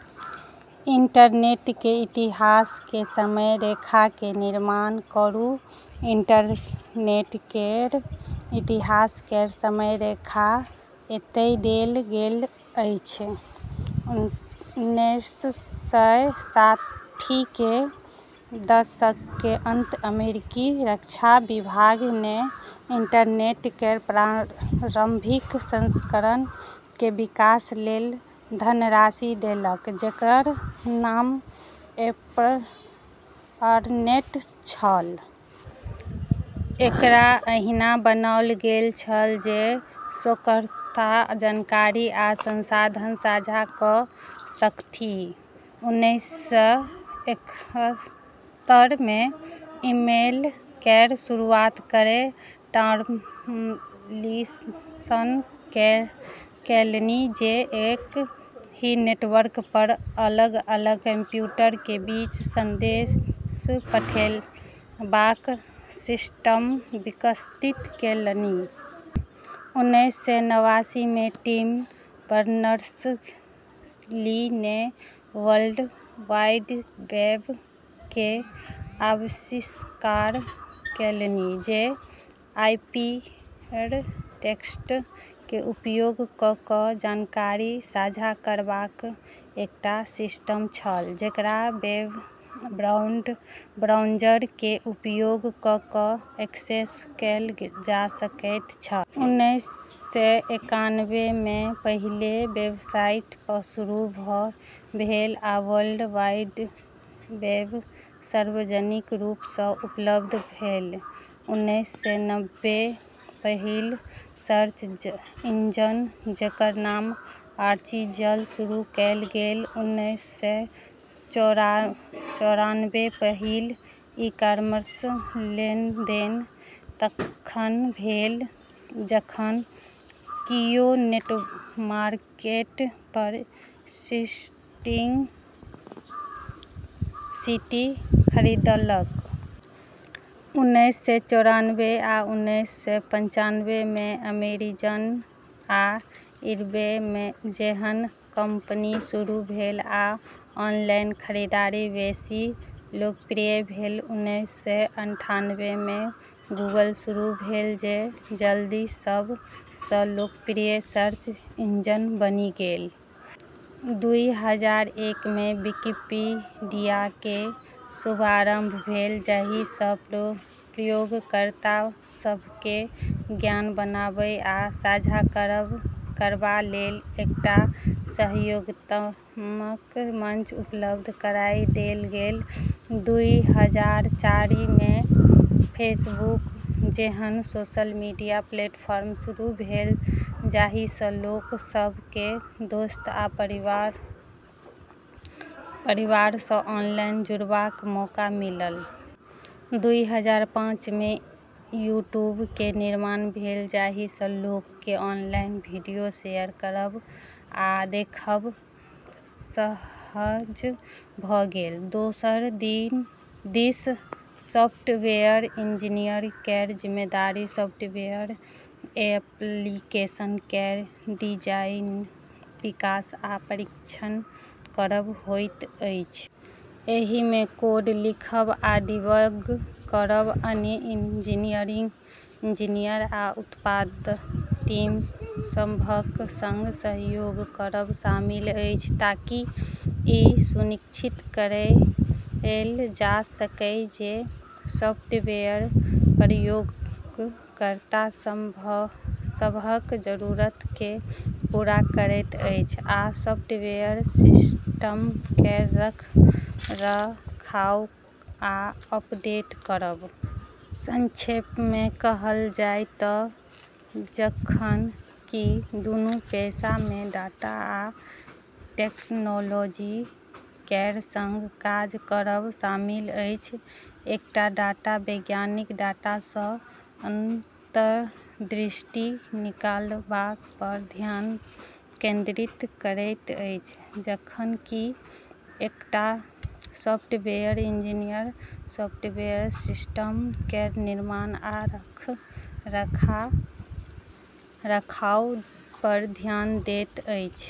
Internet के इतिहास के समय रेखा के निर्माण करू। इंटरनेट केर इतिहास केर समय रेखा एतय देल गेल अछि। उन्नैस सय साठि के दशक के अंत अमेरिकी रक्षा विभाग ने इंटरनेट केर प्रारंभिक संस्करण के विकास लेल धनराशि देलक जेकर नाम एर्पानेट छल। एकरा एहिना बनाओल गेल छल जे शोधकर्ता जानकारी आ संसाधन साझा कऽ सकथि। उन्नैस सय इकहत्तर मे ईमेल केर शुरुआत रे टॉमलिनसन केलनि, जे एक ही नेटवर्क पर अलग अलग कंप्यूटर के बीच संदेश पठेबाक सिस्टम विकसित केलनि। उन्नैस सय नवासी मे टिम बर्नर्स ली ने वर्ल्ड वाइड वेब के आविष्कार केलनि, जे हाइपरटेक्स्ट के उपयोग कऽ कऽ जानकारी साझा करबाक एकटा सिस्टम छल जेकरा वेब ब्राउज़र के उपयोग कऽ कऽ एक्सेस कएल जा सकैत छल। उन्नैस सय एकानबे मे पहिल वेबसाइट शुरू भेल, आ वर्ल्ड वाइड वेब सार्वजनिक रूप सँ उपलब्ध भेल। उन्नैस सय नब्बे पहिल सर्च इंजन, जेकर नाम आर्ची छल, शुरू कएल गेल। उन्नैस सय चौरानबे पहिल ई कॉमर्स लेनदेन तखन भेल जखन कियो नेटमार्केट पर स्टिंग सीडी खरीदलक। उन्नैस सय चौरानबे आ उन्नैस सय पंचानबे मे अमेजन आ ईबे जेहन कंपनी शुरू भेल, आ ऑनलाइन खरीदारी बेसी लोकप्रिय भेल। उन्नैस सय अठानबे मे गूगल शुरू भेल, जे जल्दीए सब सँ लोकप्रिय सर्च इंजन बनि गेल। दुई हजार एक मे विकिपीडिया के शुभारंभ भेल, जाहि सँ प्रयोगकर्ता सभ केँ ज्ञान बनाबय आ साझा करबा लेल एकटा सहयोगात्मक मंच उपलब्ध कराए देल गेल। दुई हजार चारि मे फेसबुक जेहन सोशल मीडिया प्लेटफॉर्म शुरू भेल, जाहि सँ लोक सभ केँ दोस्त आ परिवार सँ ऑनलाइन जुड़बाक मौका मिलल। दुई हजार पाँच मे यूट्यूब के निर्माण भेल, जाहि सँ लोक के ऑनलाइन वीडियो शेयर करब आ देखब सहज भऽ गेल। दोसर दिस, सॉफ्टवेयर इंजीनियर केर जिम्मेदारी सॉफ्टवेयर एप्लीकेशन केर डिजाइन, विकास आ परीक्षण करब होइत अछि। एहि मे कोड लिखब आ डिबग करब, अन्य इंजीनियर आ उत्पाद टीम सभक संग सहयोग करब शामिल अछि ताकि ई सुनिश्चित कएल जा सकय जे सॉफ्टवेयर प्रयोगकर्ता सभक जरूरत केँ पूरा करैत अछि, आ सॉफ्टवेयर सिस्टम केर रख रखाव आ अपडेट करब। संक्षेप मे कहल जाय तँ जखन कि दुनू पेशा मे डाटा आ टेक्नोलॉजी केर संग काज करब शामिल अछि, एकटा डाटा वैज्ञानिक डाटा सँ अंतर्दृष्टि निकालबा पर ध्यान केंद्रित करैत अछि, जखन कि एकटा सॉफ्टवेयर इंजीनियर सॉफ्टवेयर सिस्टम केर निर्माण आ रख रखाव पर ध्यान दैत अछि।